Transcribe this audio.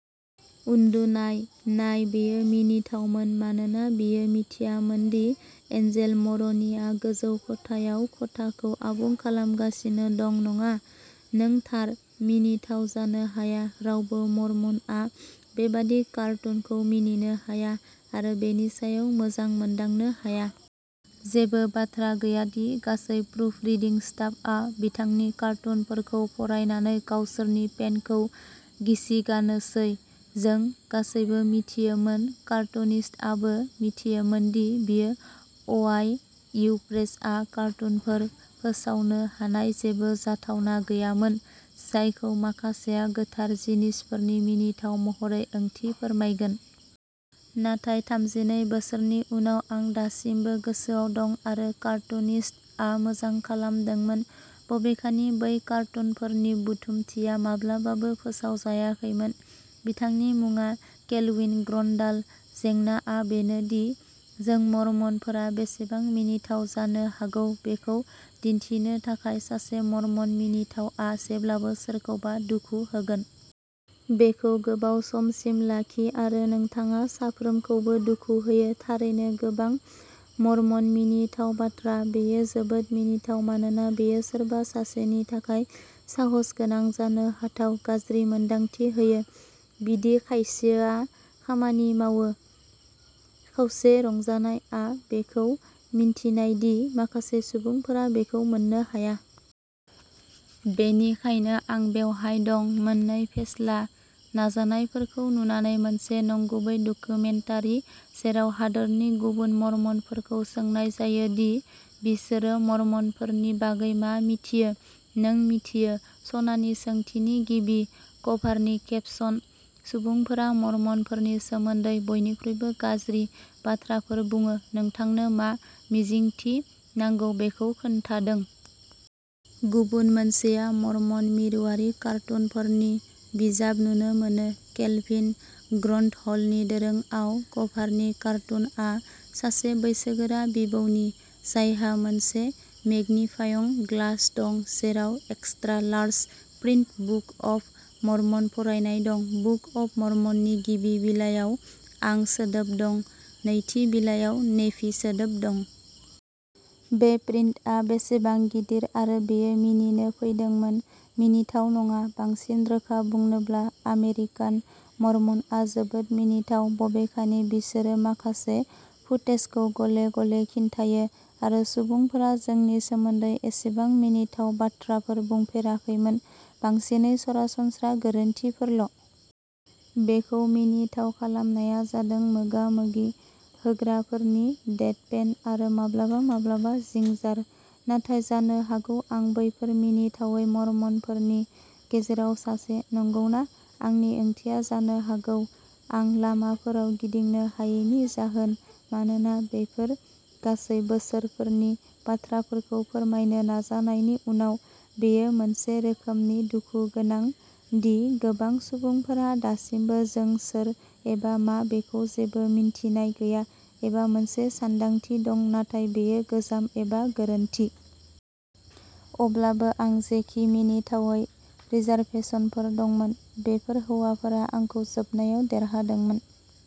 उन्दुनाय, नाय बेयो मिनिथावमोन मानोना बियो मिथियामोन दि एन्जेल मर'नीआ गोजौ खथायाव खथाखौ आबुं खालामगासिनो दं नङा। नों थार। मिनिथाव जानो हाया। रावबो मरमनआ बेबादि कार्टुनखौ मिनिनो हाया आरो बेनि सायाव मोजां मोनदांनो हाया। जेबो बाथ्रा गैया दि गासै प्रुफरिडिं स्टाफआ बिथांनि कार्टुनफोरखौ फरायनानै गावसोरनि पेन्टखौ गिसिगानोसै। जों गासैबो मिथियोमोन कार्टुनिस्टआबो मिथियोमोन दि बि अवाइ इउ प्रेसआ कार्टुनफोर फोसावनो हानाय जेबो जाथावना गैयामोन जायखौ माखासेया गोथार जिनिसफोरनि मिनिथाव महरै ओंथि फोरमायगोन। नाथाय थामजिनै बोसोरनि उनाव, आं दासिमबो गोसोआव दं। आरो कार्टुनिस्टआ मोजां खालामदोंमोन, बबेखानि बै कार्टुनफोरनि बुथुमथिया माब्लाबाबो फोसावजायाखैमोन। बिथांनि मुङा केल्विन ग्रन्डाल। जेंनाआ बेनो दि जों मरमनफोरा बेसेबां मिनिथाव जानो हागौ बेखौ दिन्थिनो थाखाय, सासे मरमन मिनिथावआ जेब्लाबो सोरखौबा दुखु होगोन। बेखौ गोबाव समसिम लाखि, आरो नोंथाङा साफ्रोमखौबो दुखु होयो। थारैनो, गोबां मरमन मिनिथाव बाथ्रा। बेयो जोबोद मिनिथाव मानोना बेयो सोरबा सासेनि थाखाय साहसगोनां, जानो हाथाव, गाज्रि मोन्दांथि होयो। बिदि खायसोआ खामानि मावो। खावसे रंजानायआ बेखौ मिन्थिनाय दि माखासे सुबुंफोरा बेखौ मोननो हाया। बेनिखायनो आं बेवहाय दं, मोननै फेस्ला नाजानायफोरखौ नुनानै मोनसे नंगुबै डकुमेन्टारि जेराव हादोरनि गुबुन मर्मनफोरखौ सोंनाय जायो दि बिसोरो मर्मनफोरनि बागै मा मिथियो नों मिथियो, सनानि सोंथिनि गिबि। कभारनि केपसन सुबुंफोरा मर्मनफोरनि सोमोन्दै बयनिख्रुइबो गाज्रि बाथ्राफोर बुङो नोंथांनो मा मिजिंथि नांगौ बेखौ खोन्थादों। गुबुन मोनसेआ मर्मन मिरुआरि कार्टुनफोरनि बिजाब, नुनो मोनो केलभिन ग्रन्डहलनि दोरोंआव। कभारनि कार्टुनआ सासे बैसोगोरा बिबौनि, जायहा मोनसे मेग्निफाइं ग्लास दं, जेराव extra large print book of Mormon फरायनाय दं। बुक अफ मर्मननि गिबि बिलायाव आं सोदोब दं नैथि बिलायाव, नेफि सोदोब दं। बे प्रिन्टआ बेसेबां गिदिर। आरो बेयो मिनिनो फैदोंमोन मिनिथाव नङा। बांसिन रोखा बुंनोब्ला आमेरिकान मर्मनआ जोबोद मिनिथाव, बबेखानि बिसोरो माखासे फुटेजखौ गले-गले खिन्थायो आरो सुबुंफोरा जोंनि सोमोन्दै एसेबां मिनिथाव बाथ्राफोर बुंफेराखैमोन बांसिनै सरासनस्रा गोरोन्थिफोरल'। बेखौ मिनिथाव खालामनाया जादों मोगा-मोगि होग्राफोरनि डेडपेन, आरो माब्लाबा-माब्लाबा जिंजार। नाथाय जानो हागौ आं बैफोर मिनिथावै मर्मनफोरनि गेजेराव सासे, नंगौना? आंनि ओंथिया जानो हागौ, आं लामाफोराव गिदिंनो हायैनि जाहोन मानोना बेफोर गासै बोसोरफोरनि बाथ्राफोरखौ फोरमायनो नाजानायनि उनाव, बेयो मोनसे रोखोमनि दुखु गोनां दि गोबां सुबुंफोरहा दासिमबो जों सोर एबा मा बेखौ जेबो मिन्थिनाय गैया, एबा मोनसे सानदांथि दं नाथाय बेयो गोजाम एबा गोरोन्थि। अब्लाबो आं जेखि मिनिथावै रिजार्भेशनफोर दंमोन, बेफोर हौवाफोरा आंखौ जोबनायाव देरहादोंमोन।